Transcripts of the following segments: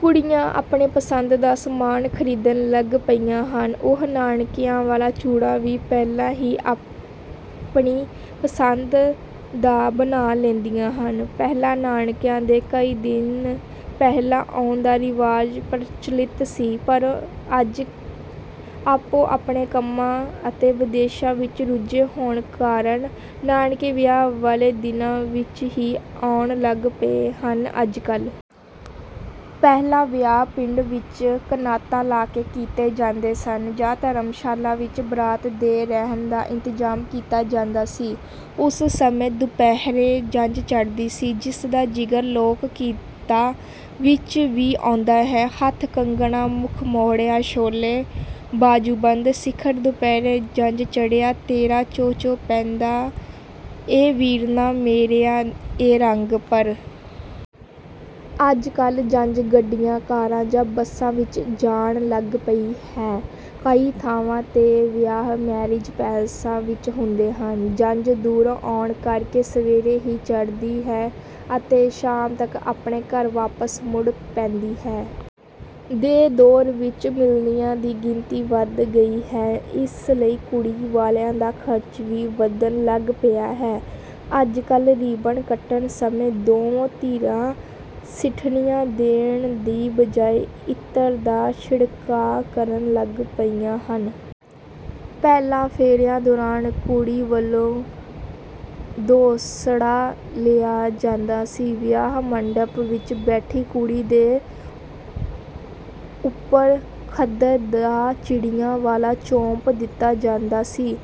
ਕੁੜੀਆਂ ਆਪਣੇ ਪਸੰਦ ਦਾ ਸਮਾਨ ਖਰੀਦਣ ਲੱਗ ਪਈਆਂ ਹਨ। ਉਹ ਨਾਨਕਿਆਂ ਵਾਲਾ ਚੂੜਾ ਵੀ ਪਹਿਲਾਂ ਹੀ ਆਪਣੀ ਪਸੰਦ ਦਾ ਬਣਵਾ ਲੈਂਦੀਆਂ ਹਨ। ਪਹਿਲਾਂ ਨਾਨਕਿਆਂ ਦੇ ਕਈ ਦਿਨ ਪਹਿਲਾਂ ਆਉਣ ਦਾ ਰਿਵਾਜ ਪ੍ਰਚਲਿਤ ਸੀ, ਪਰ ਅੱਜ ਆਪੋ-ਆਪਣੇ ਕੰਮਾਂ ਅਤੇ ਵਿਦੇਸ਼ਾਂ ਵਿੱਚ ਰੁੱਝੇ ਹੋਣ ਕਾਰਨ ਨਾਨਕੇ ਵਿਆਹ ਵਾਲੇ ਦਿਨਾਂ ਵਿੱਚ ਹੀ ਆਉਣ ਲੱਗ ਪਏ ਹਨ। ਅੱਜਕੱਲ੍ਹ ਪਹਿਲਾਂ ਵਿਆਹ ਪਿੰਡ ਵਿੱਚ ਕਨਾਤਾਂ ਲਾ ਕੇ ਕੀਤੇ ਜਾਂਦੇ ਸਨ ਜਾਂ ਧਰਮਸ਼ਾਲਾ ਵਿੱਚ ਬਰਾਤ ਦੇ ਰਹਿਣ ਦਾ ਇੰਤਜ਼ਾਮ ਕੀਤਾ ਜਾਂਦਾ ਸੀ। ਉਸ ਸਮੇਂ ਦੁਪਹਿਰੇ ਜੰਝ ਚੜ੍ਹਦੀ ਸੀ, ਜਿਸ ਦਾ ਜ਼ਿਕਰ ਲੋਕ-ਗੀਤਾਂ ਵਿੱਚ ਵੀ ਆਉਂਦਾ ਹੈ ਹੱਥ ਕੰਗਣਾ ਮੁੱਖ ਮੋਹਿੜਾ, ਛੋਲੇ ਬਾਜੂਬੰਦ, ਸਿਖਰ ਦੁਪਹਿਰੇ ਜੰਝ ਚੜ੍ਹਿਆ, ਤੇਰਾ ਚੋਅ-ਚੋਅ ਪੈਂਦਾ, ਏ ਵੀਰਨਾ ਮੇਰਿਆ ਏ ਰੰਗ। ਪਰ ਅੱਜਕੱਲ੍ਹ ਜੰਝ ਗੱਡੀਆਂ, ਕਾਰਾਂ ਜਾਂ ਬੱਸਾਂ ਵਿੱਚ ਜਾਣ ਲੱਗ ਪਈ ਹੈ। ਕਈ ਥਾਵਾਂ ’ਤੇ ਵਿਆਹ ਮੈਰਿਜ ਪੈਲੇਸਾਂ ਵਿੱਚ ਹੁੰਦੇ ਹਨ। ਜੰਝ ਦੂਰੋਂ ਆਉਣ ਕਰਕੇ ਸਵੇਰੇ ਹੀ ਚੜ੍ਹਦੀ ਹੈ ਅਤੇ ਸ਼ਾਮ ਤੱਕ ਆਪਣੇ ਘਰ ਵਾਪਸ ਮੁੜ ਪੈਂਦੀ ਹੈ। ਦੇ ਦੌਰ ਵਿੱਚ ਮਿਲਣੀਆਂ ਦੀ ਗਿਣਤੀ ਵੱਧ ਗਈ ਹੈ, ਇਸ ਲਈ ਕੁੜੀ ਵਾਲਿਆਂ ਦਾ ਖ਼ਰਚ ਵੀ ਵਧਣ ਲੱਗ ਪਿਆ ਹੈ। ਅੱਜਕੱਲ੍ਹ ਰੀਬਨ ਕੱਟਣ ਸਮੇਂ ਦੋਵੇਂ ਧਿਰਾਂ ਸਿੱਠਣੀਆਂ ਦੇਣ ਦੀ ਬਜਾਇ ਇਤਰ ਦਾ ਛਿੜਕਾਅ ਕਰਨ ਲੱਗ ਪਈਆਂ ਹਨ। ਪਹਿਲਾਂ ਫੇਰਿਆਂ ਦੌਰਾਨ ਕੁੜੀ ਵੱਲੋਂ ਦੋਸੜਾ ਲਿਆ ਜਾਂਦਾ ਸੀ। ਵਿਆਹ ਮੰਡਪ ਵਿੱਚ ਬੈਠੀ ਕੁੜੀ ਦੇ ਉੱਪਰ ਖੱਦਰ ਦਾ ਚਿੜੀਆਂ ਵਾਲਾ ਚੋਪ ਦਿੱਤਾ ਜਾਂਦਾ ਸੀ।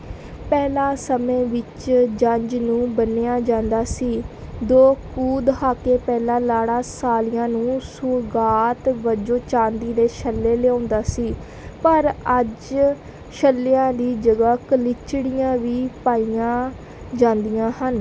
ਪਹਿਲਾਂ ਸਮੇਂ ਵਿੱਚ ਜੰਝ ਨੂੰ ਬੰਨ੍ਹਿਆ ਜਾਂਦਾ ਸੀ। ਦੋ ਕੁ ਦਹਾਕੇ ਪਹਿਲਾਂ ਲਾੜਾ ਸਾਲੀਆਂ ਨੂੰ ਸੁਗਾਤ ਵਜੋਂ ਚਾਂਦੀ ਦੇ ਛੱਲੇ ਲਿਆਉਂਦਾ ਸੀ, ਪਰ ਅੱਜ ਛੱਲਿਆਂ ਦੀ ਜਗ੍ਹਾ ਕਲੀਚੜੀਆਂ ਵੀ ਪਾਈਆਂ ਜਾਂਦੀਆਂ ਹਨ।